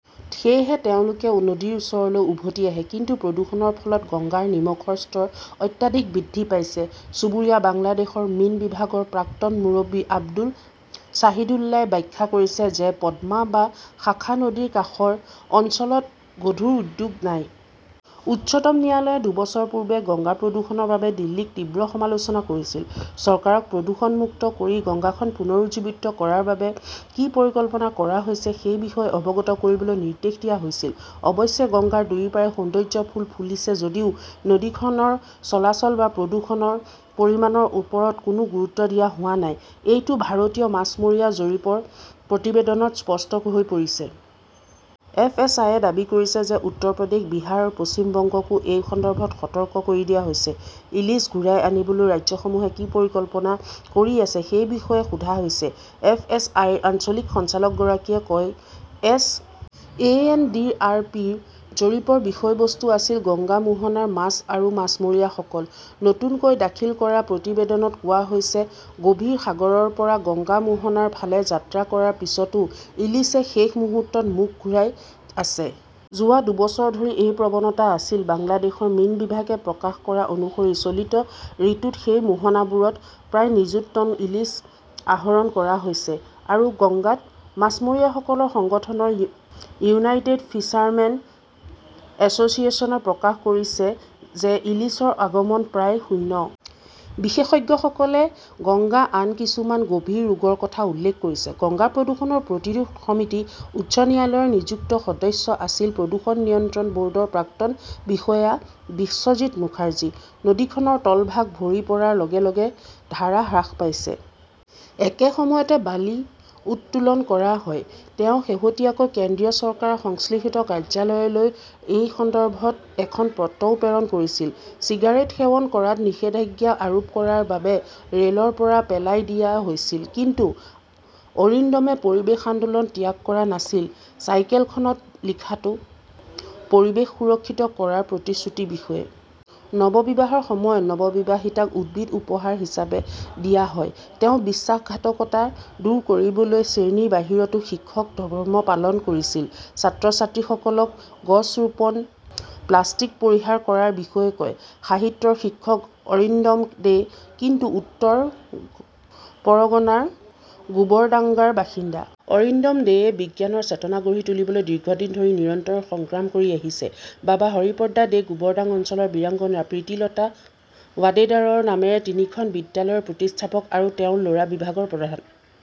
সেয়েহে তেওঁলোকে নদীৰ ওচৰলৈ উভতি আহে। কিন্তু প্ৰদূষণৰ ফলত গংগাৰ নিমখৰ স্তৰ অত্যাধিক বৃদ্ধি পাইছে। চুবুৰীয়া বাংলাদেশৰ মীন বিভাগৰ প্ৰাক্তন মুৰব্বী আব্দুৰ শ্বাহিদুল্লাই ব্যাখ্যা কৰিছে যে পদ্মা বা শাখা নদীৰ কাষৰ অঞ্চলত গধুৰ উদ্যোগ নাই। উচ্চতম ন্যায়ালয়ে দুবছৰ পূৰ্বে গংগা প্ৰদূষণৰ বাবে দিল্লীক তীব্ৰ সমালোচনা কৰিছিল। চৰকাৰক প্ৰদূষণমুক্ত কৰি গংগা পুনৰুজ্জীৱিত কৰাৰ বাবে কি পৰিকল্পনা কৰা হৈছে সেই বিষয়ে অৱগত কৰিবলৈ নিৰ্দেশ দিয়া হৈছিল। অৱশ্যে, গংগাৰ দুয়োপাৰে সৌন্দৰ্য্যৰ ফুল ফুলিছে যদিও নদীখনৰ চলাচল বা প্ৰদূষণৰ পৰিমাণৰ ওপৰত কোনো গুৰুত্ব দিয়া হোৱা নাই, এইটো ভাৰতীয় মাছমৰীয়া জৰীপৰ প্ৰতিবেদনত স্পষ্ট হৈ পৰিছে। এফএছআইয়ে দাবী কৰিছে যে উত্তৰ প্ৰদেশ, বিহাৰ আৰু পশ্চিম বংগকো এই সন্দৰ্ভত সতৰ্ক কৰি দিয়া হৈছে। ইলিশ ঘূৰাই আনিবলৈ ৰাজ্যসমূহে কি পৰিকল্পনা কৰি আছে সেই বিষয়ে সোধা হৈছে, এফএছআইৰ আঞ্চলিক সঞ্চালকগৰাকীয়ে কয়। S. A. N. D. R. P. -ৰ জৰীপৰ বিষয়বস্তু আছিল গংগা মোহনাৰ মাছ আৰু মাছমৰীয়াসকল। নতুনকৈ দাখিল কৰা প্ৰতিবেদনত কোৱা হৈছে-গভীৰ সাগৰৰ পৰা গংগা মোহনাৰ ফালে যাত্ৰা কৰাৰ পিছতো ইলিছে শেষ মুহূৰ্তত মুখ ঘূৰাই আছে। যোৱা দুবছৰ ধৰি এই প্ৰৱণতা আছিল। বাংলাদেশৰ মীন বিভাগে প্ৰকাশ কৰা অনুসৰি চলিত ঋতুত সেই মোহনাবোৰত প্ৰায় নিযুত টন ইলিছ আহৰণ কৰা হৈছে। আৰু গংগাত? মাছমৰীয়াসকলৰ সংগঠন ইউনাইটেড ফিছাৰমেন এছ'চিয়েশ্যনে প্ৰকাশ কৰিছে যে ইলিছৰ আগমন প্ৰায় শূন্য। বিশেষজ্ঞসকলে গংগাৰ আন কিছুমান গভীৰ ৰোগৰ কথা উল্লেখ কৰিছে। গংগা প্ৰদূষণ প্ৰতিৰোধ সমিতিৰ উচ্চ ন্যায়ালয়ৰ নিযুক্ত সদস্য আছিল প্ৰদূষণ নিয়ন্ত্ৰণ ব'ৰ্ডৰ প্ৰাক্তন বিষয়া বিশ্বজিত মুখাৰ্জী। নদীখনৰ তলভাগ ভৰি পৰাৰ লগে লগে ধাৰা হ্ৰাস পাইছে। একে সময়তে বালি উত্তোলন কৰা হয়। তেওঁ শেহতীয়াকৈ কেন্দ্ৰীয় চৰকাৰৰ সংশ্লিষ্ট কাৰ্যালয়লৈ এই সন্দৰ্ভত এখন পত্ৰও প্ৰেৰণ কৰিছিল। চিগাৰেট সেৱন কৰাত নিষেধাজ্ঞা আৰোপ কৰাৰ বাবে ৰেলৰ পৰা পেলাই দিয়া হৈছিল, কিন্তু অৰিন্দমে পৰিৱেশ আন্দোলন ত্যাগ কৰা নাছিল চাইকেলখনত লিখাটো, পৰিৱেশ সুৰক্ষিত কৰাৰ প্ৰতিশ্ৰুতিৰ বিষয়ে। নৱবিবাহৰ সময়ত নৱবিবাহিতাক উদ্ভিদ উপহাৰ হিচাপে দিয়া হয়। তেওঁ বিশ্বাসঘাতকতা দূৰ কৰিবলৈ শ্ৰেণীৰ বাহিৰতো শিক্ষক ধৰ্ম পালন কৰিছিল। ছাত্ৰ-ছাত্ৰীসকলক গছ ৰোপণ, প্লাষ্টিক পৰিহাৰ কৰাৰ বিষয়ে কয়। সাহিত্যৰ শিক্ষক অৰিন্দম দে, কিন্তু উত্তৰ পৰগনাৰ গোবৰডাংগাৰ বাসিন্দা। অৰিন্দম দেয়ে বিজ্ঞানৰ চেতনা গঢ়ি তুলিবলৈ দীৰ্ঘদিন ধৰি নিৰন্তৰ সংগ্ৰাম কৰি আহিছে। বাবা হৰিপদা দে গোবৰডাং অঞ্চলত বীৰঙ্গনা প্ৰীতিলতা ৱাডেদাৰৰ নামেৰে তিনিখন বিদ্যালয়ৰ প্ৰতিষ্ঠাপক আৰু তেওঁৰ ল'ৰা বিভাগৰ প্ৰধান।